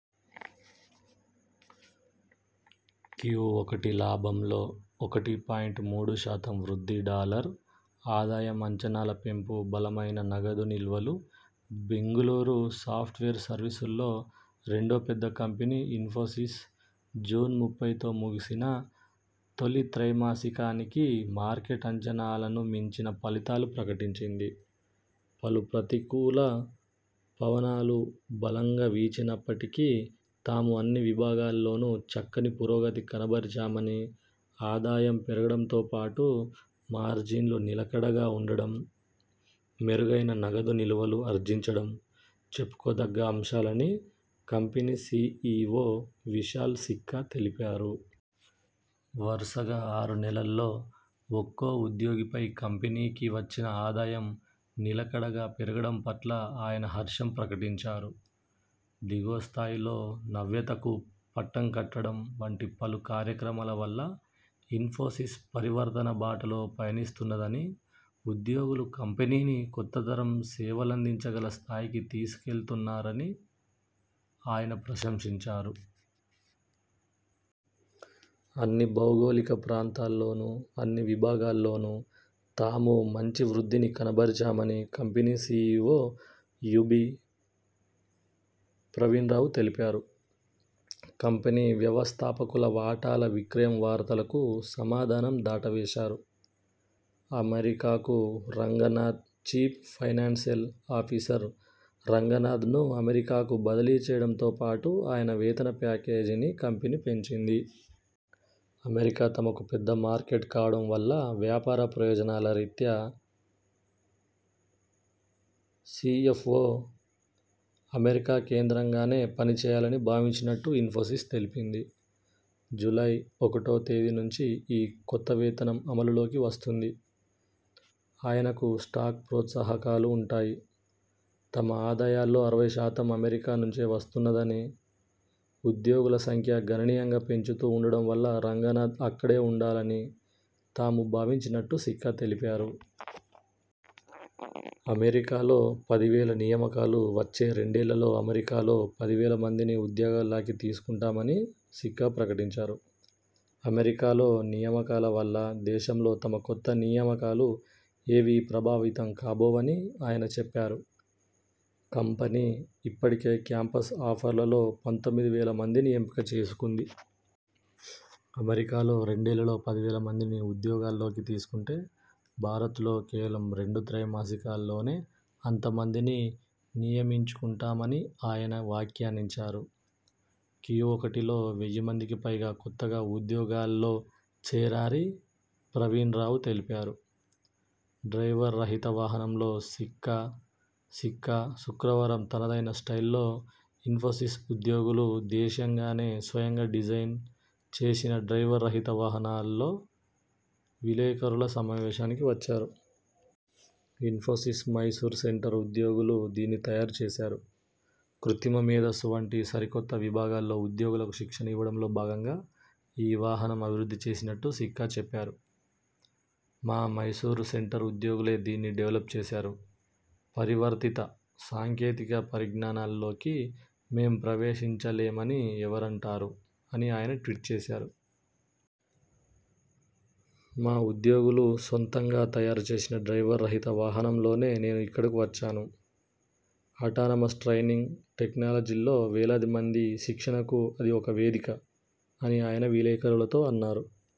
క్యుఒకటి లాభంలో ఒకటి పాయింట్ మూడు శాతం వృద్ధి డాలర్ ఆదాయం అంచనాల పెంపు బలమైన నగదు నిల్వలు బెంగళూరు సాఫ్ట్వేర్ సర్వీసుల్లో రెండో పెద్ద కంపెనీ ఇన్ఫోసిస్ జూన్ ముప్పైతో ముగిసిన తొలి త్రైమాసికానికి మార్కెట్ అంచనాలను మించిన ఫలితాలు ప్రకటించింది. పలు ప్రతికూల పవనాలు బలంగా వీచినప్పటికీ తాము అన్ని విభాగాల్లోనూ చక్కని పురోగతి కనబరిచామని, ఆదాయం పెరగడంతోపాటు, మార్జిన్లు నిలకడగా ఉండడం, మెరుగైన నగదు నిల్వలు ఆర్జించడం చెప్పుకో దగ్గ అంశాలని కంపెనీ సిఇఒ విశాల్ సిక్కా తెలిపారు. వరుసగా ఆరు నెలల్లో ఒక్కో ఉద్యోగిపై కంపెనీకి వచ్చిన ఆదాయం నిలకడగా పెరగడం పట్ల ఆయన హర్షం ప్రకటించారు. దిగువ స్థాయిలో నవ్యతకు పట్టం కట్టడం వంటి పలు కార్యక్రమాల వల్ల ఇన్ఫోసిస్ పరివర్తన బాటలో పయనిస్తున్నదని, ఉద్యోగులు కంపెనీని కొత్త తరం సేవలందించ గల స్థాయికి తీసుకువెళ్తున్నారని ఆయన ప్రశంసించారు. అన్ని భౌగోళిక ప్రాంతాల్లోను, అన్ని విభాగాల్లోను తాము మంచి వృద్ధిని కనబరిచామని company CEO UB Pravin Rao తెలిపారు. కంపెనీ వ్యవస్థాపకుల వాటాల విక్రయం వార్తలకు సమాధానం దాటవేశారు. అమెరికాకు రంగనాథ్ చీఫ్ ఫైనాన్షియల్ ఆఫీసర్ రంగనాథ్ను అమెరికాకు బదిలీ చేయడంతో పాటు ఆయన వేతన ప్యాకేజీని కంపెనీ పెంచింది. అమెరికా తమకు పెద్ద మార్కెట్ కావడం వల్ల వ్యాపార ప్రయోజనాల రీత్యా సిఎ్ఫఒ అమెరికా కేంద్రంగానే పని చేయాలని భావించినట్టు ఇన్ఫోసిస్ తెలిపింది. జూలై ఒకటో తేదీ నుంచి ఈ కొత్త వేతనం అమలులోకి వస్తుంది. ఆయనకి స్టాక్ ప్రోత్సాహకాలు ఉంటాయి. తమ ఆదాయాల్లో అరవై శాతం అమెరికా నుంచే వస్తున్నదని, ఉద్యోగుల సంఖ్య గణనీయంగా పెంచుతూ ఉండడం వల్ల రంగనాథ్ అక్కడే ఉండాలని తాను భావించినట్టు సిక్కా తెలిపారు. అమెరికాలో పది వేల నియామకాలు వచ్చే రెండేళ్లలో అమెరికాలో పది వేల మందిని ఉద్యోగాల్లోకి తీసుకుంటామని సిక్కా ప్రకటించారు. అమెరికాలో నియామకాల వల్ల దేశంలో తమ కొత్త నియామకాలు ఏవీ ప్రభావితం కాబోవని ఆయన చెప్పారు. కంపెనీ ఇప్పటికే క్యాంపస్ ఆఫర్లలో పంతొమ్మిది వేల మందిని ఎంపిక చేసుకుంది. అమెరికాలో రెండేళ్ళలో పది వేల మందిని ఉద్యోగాల్లోకి తీసుకుంటే భారత్లో కేవలం రెండు త్రైమాసికాల్లోనే అంతమందిని నియమించుకుంటామని ఆయన వ్యాఖ్యానించారు. క్యుఒకటిలో వెయ్యి మందికి పైగా కొత్తగా ఉద్యోగాల్లో చేరారి ప్రవీణ్ రావు తెలిపారు. డ్రైవర్ రహిత వాహనంలో సిక్కా సిక్కా శుక్రవారం తనదైన స్టైల్లో ఇన్ఫోసిస్ ఉద్యోగులు దేశీయంగానే స్వయంగా డిజైన్ చేసిన డ్రైవర్ రహిత వాహనంలో విలేకరుల సమావేశానికి వచ్చారు. ఇన్ఫోసిస్ మైసూర్ సెంటర్ ఉద్యోగులు దీన్ని తయారుచేశారు. కృత్రిమ మేథస్సు వంటి సరికొత్త విభాగాల్లో ఉద్యోగులకు శిక్షణ ఇవ్వడంలో భాగంగా ఈ వాహనం అభివృద్ధి చేసినట్టు సిక్కా చెప్పారు. ''మా మైసూరు సెంటర్ ఉద్యోగులే దీన్ని డెవలప్ చేశారు. పరివర్తిత సాంకేతిక పరిజ్ఞానాల్లోకి మేం ప్రవేశించలేమని ఎవరంటారు'' అని ఆయన ట్వీట్ చేశారు. ''మా ఉద్యోగులు సొంతంగా తయారుచేసిన డ్రైవర్ రహిత వాహనంలోనే నేను ఇక్కడకు వచ్చాను, అటానమస్ డ్రైవింగ్ టెక్నాలజీల్లో వేలాది మంది శిక్షణకు అది ఒక వేదిక'' అని ఆయన విలేకరులతో అన్నారు.